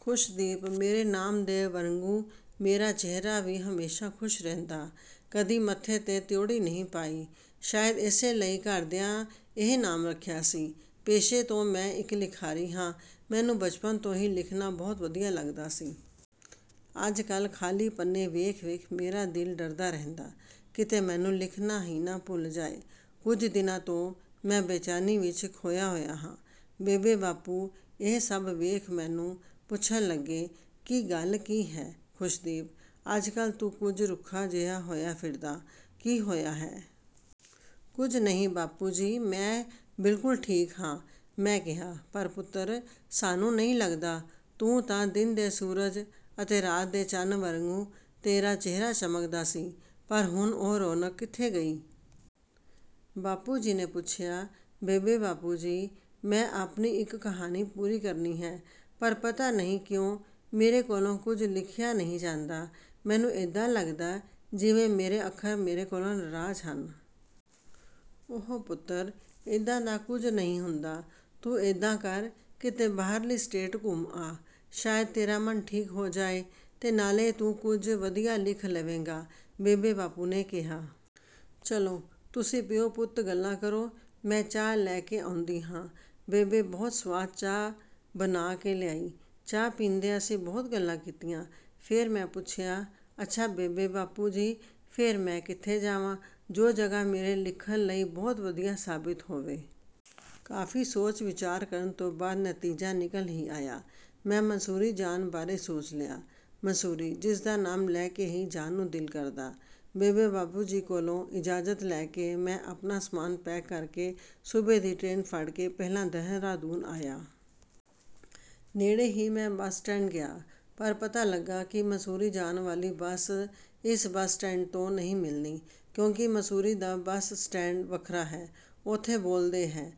ਖੁਸ਼ਦੀਪ, ਮੇਰੇ ਨਾਮ ਦੇ ਵਰਗੂੰ ਮੇਰਾ ਚਿਹਰਾ ਵੀ ਹਮੇਸ਼ਾ ਖੁਸ਼ ਹੀ ਰਹਿੰਦਾ, ਕਦੀ ਮੱਥੇ ਤੇ ਤਿਉੜੀ ਨਹੀਂ ਪਾਈ। ਸ਼ਾਇਦ ਇਸੇ ਲਈ ਘਰਦਿਆਂ ਇਹ ਨਾਮ ਰੱਖਿਆ ਸੀ। ਪੇਸ਼ੇ ਤੋਂ ਮੈਂ ਇੱਕ ਲਿਖਾਰੀ ਹਾਂ, ਮੈਨੂੰ ਬਚਪਨ ਤੋਂ ਹੀ ਲਿਖਣਾ ਬਹੁਤ ਵਧੀਆ ਲੱਗਦਾ ਸੀ। ਅੱਜ-ਕੱਲ੍ਹ ਖਾਲੀ ਪੰਨੇ ਵੇਖ-ਵੇਖ ਮੇਰਾ ਦਿਲ ਡਰਦਾ ਰਹਿੰਦਾ, ਕਿਤੇ ਮੈਂਨੂੰ ਲਿਖਣਾ ਹੀ ਨਾ ਭੁੱਲ ਜਾਏ। ਕੁਝ ਦਿਨਾਂ ਤੋਂ ਮੈਂ ਬੇਚੈਨੀ ਵਿੱਚ ਖੋਇਆ ਹੋਇਆ ਹਾਂ। ਬੇਬੇ-ਬਾਪੂ ਇਹ ਸਭ ਵੇਖ ਮੈਨੂੰ ਪੁੱਛਣ ਲੱਗੇ ਕਿ ਗੱਲ ਕੀ ਹੈ ਖੁਸ਼ਦੀਪ, ਅੱਜ-ਕੱਲ੍ਹ ਤੂੰ ਕੁਝ ਰੁੱਖਾ ਜਿਹਾ ਹੋਇਆ ਫਿਰਦਾ, ਕੀ ਹੋਇਆ ਹੈ? ਕੁਝ ਨਹੀਂ ਬਾਪੂ ਜੀ, ਮੈਂ ਬਿਲਕੁਲ ਠੀਕ ਹਾਂ, ਮੈਂ ਕਿਹਾ। ਪਰ ਪੁੱਤਰ, ਸਾਨੂੰ ਨਹੀਂ ਲੱਗਦਾ। ਤੂੰ ਤਾਂ ਦਿਨ ਦੇ ਸੂਰਜ ਅਤੇ ਰਾਤ ਦੇ ਚੰਨ ਵਰਗੂੰ, ਤੇਰਾ ਚਿਹਰਾ ਚਮਕਦਾ ਸੀ, ਪਰ ਹੁਣ ਉਹ ਰੌਣਕ ਕਿੱਥੇ ਗਈ? ਬਾਪੂ ਜੀ ਨੇ ਪੁੱਛਿਆ। ਬੇਬੇ-ਬਾਪੂ ਜੀ, ਮੈਂ ਆਪਣੀ ਇੱਕ ਕਹਾਣੀ ਪੂਰੀ ਕਰਨੀ ਹੈ, ਪਰ ਪਤਾ ਨਹੀਂ ਕਿਉਂ? ਮੇਰੇ ਕੋਲੋਂ ਕੁਝ ਲਿਖਿਆ ਨਹੀਂ ਜਾਂਦਾ। ਮੈਨੂੰ ਏਦਾਂ ਲੱਗਦਾ, ਜਿਵੇਂ ਮੇਰੇ ਅੱਖਰ ਮੇਰੇ ਕੋਲੋਂ ਨਾਰਾਜ਼ ਹਨ। ਓਹੋ ਪੁੱਤਰ, ਏਦਾਂ ਦਾ ਕੁਝ ਨਹੀਂ ਹੁੰਦਾ। ਤੂੰ ਏਦਾਂ ਕਰ, ਕਿਤੇ ਬਾਹਰਲੀ ਸਟੇਟ ਘੁੰਮ ਆ। ਸ਼ਾਇਦ ਤੇਰਾ ਮਨ ਠੀਕ ਹੋ ਜਾਏ ਤੇ ਨਾਲੇ ਤੂੰ ਕੁਝ ਵਧੀਆ ਲਿਖ ਲਵੇਂਗਾ, ਬੇਬੇ ਤੇ ਬਾਪੂ ਨੇ ਕਿਹਾ। ਚੱਲੋ, ਤੁਸੀਂ ਪਿਓ-ਪੁੱਤ ਗੱਲਾਂ ਕਰੋ, ਮੈਂ ਚਾਹ ਲੈ ਕੇ ਆਉਂਦੀ ਹਾਂ। ਬੇਬੇ ਬਹੁਤ ਸਵਾਦ ਚਾਹ ਬਣਾ ਕੇ ਲਿਆਈ। ਚਾਹ ਪੀਂਦੇ ਅਸੀਂ ਬਹੁਤ ਗੱਲਾਂ ਕੀਤੀਆਂ। ਫੇਰ ਮੈਂ ਪੁੱਛਿਆ, ਅੱਛਾ ਬੇਬੇ-ਬਾਪੂ ਜੀ, ਫੇਰ ਮੈਂ ਕਿੱਥੇ ਜਾਵਾਂ, ਜੋ ਜਗ੍ਹਾ ਮੇਰੇ ਲਿਖਣ ਲਈ ਬਹੁਤ ਵਧੀਆ ਸਾਬਿਤ ਹੋਵੇ? ਕਾਫੀ ਸੋਚ-ਵਿਚਾਰ ਕਰਨ ਤੋਂ ਬਾਅਦ ਨਤੀਜਾ ਨਿਕਲ ਹੀ ਆਇਆ। ਮੈਂ ਮਸੂਰੀ ਜਾਣ ਬਾਰੇ ਸੋਚ ਲਿਆ। ਮਸੂਰੀ, ਜਿਸਦਾ ਨਾਮ ਲੈ ਕੇ ਹੀ ਜਾਣ ਨੂੰ ਦਿਲ ਕਰਦਾ। ਬੇਬੇ-ਬਾਪੂ ਜੀ ਕੋਲੋਂ ਇਜਾਜ਼ਤ ਲੈ ਕੇ, ਮੈਂ ਆਪਣਾ ਸਮਾਨ ਪੈਕ ਕਰਕੇ ਸੂਬੇ ਦੀ ਟ੍ਰੇਨ ਫੜ ਕੇ ਪਹਿਲਾਂ ਦੇਹਰਾਦੂਨ ਆਇਆ। ਨੇੜੇ ਹੀ ਮੈਂ ਬੱਸ ਸਟੈਂਡ ਗਿਆ, ਪਰ ਪਤਾ ਲੱਗਾ ਕਿ ਮਸੂਰੀ ਜਾਣ ਵਾਲੀ ਬੱਸ ਇਸ ਬੱਸ ਸਟੈਂਡ ਤੋਂ ਨਹੀਂ ਮਿਲਣੀ, ਕਿਉਂਕਿ ਮਸੂਰੀ ਦਾ ਬੱਸ ਸਟੈਂਡ ਵੱਖਰਾ ਹੈ। ਓਥੇ ਬੋਲਦੇ ਹੈ।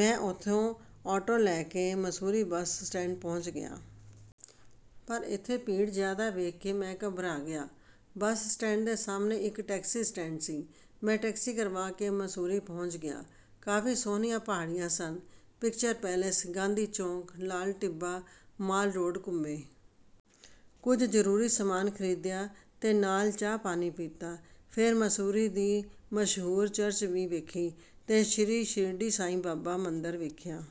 ਮੈਂ ਓਥੋਂ ਆਟੋ ਲੈ ਕੇ ਮਸੂਰੀ ਬੱਸ ਸਟੈਂਡ ਪਹੁੰਚ ਗਿਆ। ਪਰ ਏਥੇ ਭੀੜ ਜ਼ਿਆਦਾ ਵੇਖ ਕੇ ਮੈਂ ਘਬਰਾ ਗਿਆ। ਬੱਸ ਸਟੈਂਡ ਦੇ ਸਾਹਮਣੇ ਇੱਕ ਟੈਕਸੀ ਸਟੈਂਡ ਸੀ। ਮੈਂ ਟੈਕਸੀ ਕਰਵਾ ਕੇ ਮਸੂਰੀ ਪਹੁੰਚ ਗਿਆ। ਕਾਫੀ ਸੋਹਣੀਆਂ ਪਹਾੜੀਆਂ ਸਨ। ਪਿਕਚਰ ਪੈਲੇਸ, ਗਾਂਧੀ ਚੌਂਕ, ਲਾਲ ਟਿੱਬਾ, ਮਾਲ ਰੋਡ ਘੁੰਮੇ। ਕੁਝ ਜ਼ਰੂਰੀ ਸਮਾਨ ਖਰੀਦਿਆ ਤੇ ਨਾਲ ਚਾਹ-ਪਾਣੀ ਪੀਤਾ। ਫੇਰ ਮਸੂਰੀ ਦੀ ਮਸ਼ਹੂਰ ਚਰਚ ਵੀ ਵੇਖੀ ਤੇ ਸ਼੍ਰੀ ਸ਼ਿਰਡੀ ਸਾਈਂ ਬਾਬਾ ਮੰਦਰ ਵੇਖਿਆ।